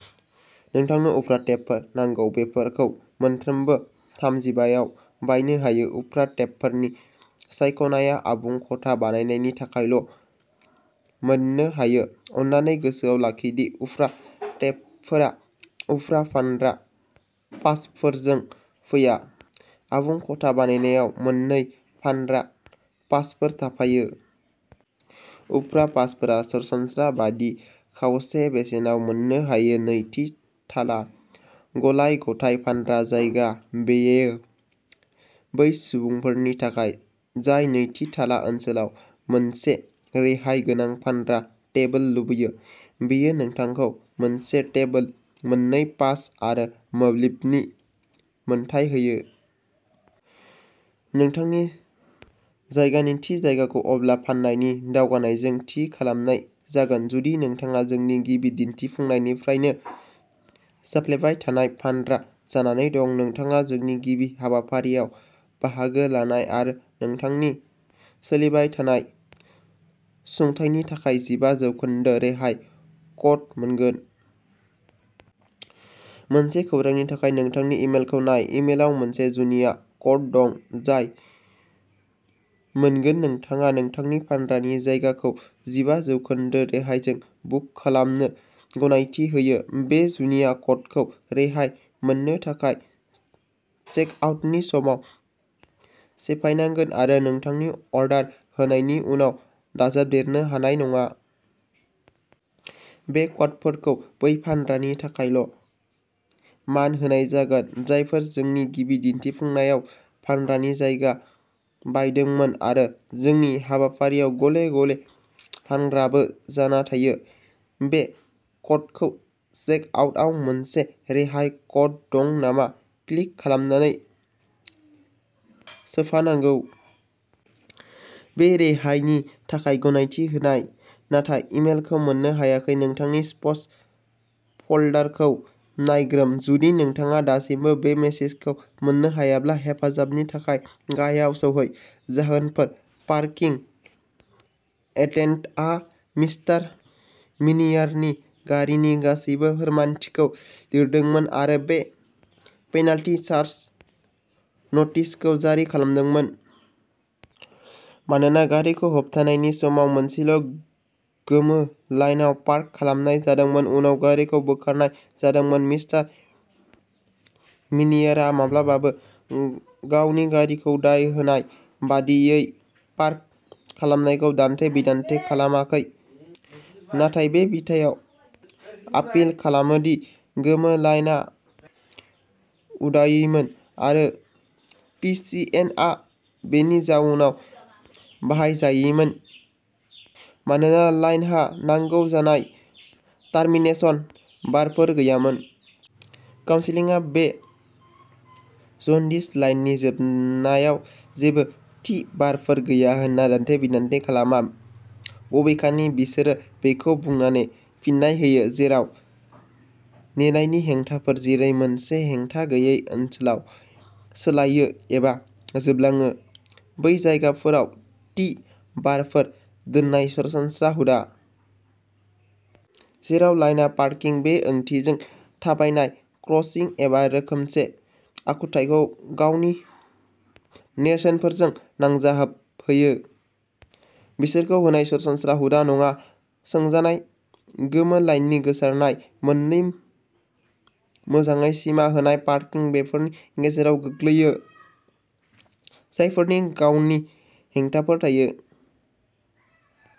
नोंथांनो उफ्रा टेबोलफोर नांगौ, बेफोरखौ मोनफ्रोमबो थामजिबाआव बायनो हायो। उफ्रा टेबोलनि सायख'नायआ आबुं खथा बायनायनि थाखायल' मोननो हायो। अन्नानै गोसोआव लाखि दि उफ्रा टेबोलफोरा उफ्रा फानग्रा पासफोरजों फैया। आबुं खथा बायनायाव मोननै फानग्रा पासफोर थाफायो। उफ्रा पासफोरा सरासनस्रा बायदि खावसे बेसेनाव मोननो हायो। नैथि थाला गलाय-गथाय फानग्रा जायगा। बेयो बै सुबुंफोरनि थाखाय जाय नैथि थाला ओनसोलाव मोनसे रेहाय गोनां फानग्रा टेबोल लुबैयो। बेयो नोंथांखौ मोनसे टेबोल, मोननै पास आरो मोब्लिबनि मोन्थाइ होयो। नोंथांनि जायगानि थि जायगाखौ अब्ला फान्नायनि दावगानायजों थि खालामनाय जागोन। जुदि नोंथाङा जोंनि गिबि दिन्थिफुंनायनिफ्रायनो जाफ्लेबाय थानाय फानग्रा जानानै दं; नोंथाङा जोंनि गिबि हाबाफारियाव बाहागो लानाय आरो नोंथांनि सोलिबाय थानाय सुंथानायनि थाखाय जिबा जौखोन्दो रेहाय क'ड मोनगोन। मोनसे खौरांनि थाखाय नोंथांनि इमेलखौ नाय। इमेलआव मोनसे जुनिया क'ड दं जाय मोनगोन नोंथाङा नोंथांनि फानग्रानि जायगाखौ जिबा जौखोन्दो रेहायजों बुक खालामनो गनायथि होयो। बे जुनिया क'डखौ रेहाय मोननो थाखाय चेकआउटनि समाव सोफानांगोन आरो नोंथांनि अर्डार होनायनि उनाव दाजाबदेरनो हानाय नङा। बे क'डखौ बै फानग्रानि थाखायल'मान होनाय जागोन, जायफोरा जोंनि गिबि दिन्थिफुंनायाव फानग्रानि जायगा बायदोंमोन आरो जोंनि हाबाफारियाव गले गले फानग्राबो जाना थायो। बे क'डखौ चेकआउटआव "मोनसे रेहाय क'ड दं नामा?" क्लिक खालामनानै सोफानांगौ। बे रेहायनि थाखाय गनायथि होजानाय, नाथाय इमेलखौ मोननो हायाखै? नोंथांनि स्पाम फोल्डरखौ नायग्रोम, जुदि नोंथाङा दासिमबो बे मेसेजखौ मोननो हायाब्ला, हेफाजाबनि थाखाय गाहायाव सौहै। जाहोनफोर- पार्किं एटेन्डेन्टआ मिस्टार मिनियारनि गारिनि गासैबो फोरमायथिफोरखौ लिरदोंमोन आरो बे पेनाल्टि चार्ज न'टिस खौ जारि खालामदोंमोन। मानोना गारिखौ होबथानायनि समाव मोनसेल'गोमो लाइनआव पार्क खालामनाय जादोंमोन। उनाव गारिखौ बोखारनाय जादोंमोन। मिस्टार मिनियारा माब्लाबाबो उ गावनि गारिखौ दाय होनाय बायदियै पार्क खालामनायखौ दान्थे-बिदान्थे खालामाखै, नाथाय बे बिथायाव आपिल खालामो दि गोमो लाइनआ उदायैमोन, आरो पि सि एन आ बेनि जाउनाव बाहायजायैमोन, मानोना लाइनहा "नांगौ जानाय टर्मिनेशन बारफोर गैयामोन"। काउन्सिलआ बे जन्दिस लाइननि जोबनायाव जेबो टि-बारफोर गैया होन्ना दान्थे-बिदान्थे खालामा। बबेखानि बिसोरो बेखौ बुंनानै फिननाय होयो, "जेराव नेनायनि हेंथाफोर, जेरै, मोनसे हेंथागैयै ओनसोलाव सोलायो एबा जोबलाङो, बै जायगाफोराव टि-बारफोर दोननाय सरासनस्रा हुदा। जेराव लाइनआ पार्किं बे, आथिंजों थाबायनाय क्रसिं एबा रोखोमसे आखुथायखौ गावनि नेरसोनफोरजों नांजाबहोयो, बिसोरखौ होनाय सरासनस्रा हुदा नङा। सोंजानाय गोमो लाइननि गोसारनाया मोन्नै मोजाङै सिमा होनाय पार्किं बेफोरनि गेजेराव गोग्लैयो, जायफोरनि गावनि हेंथाफोर थायो।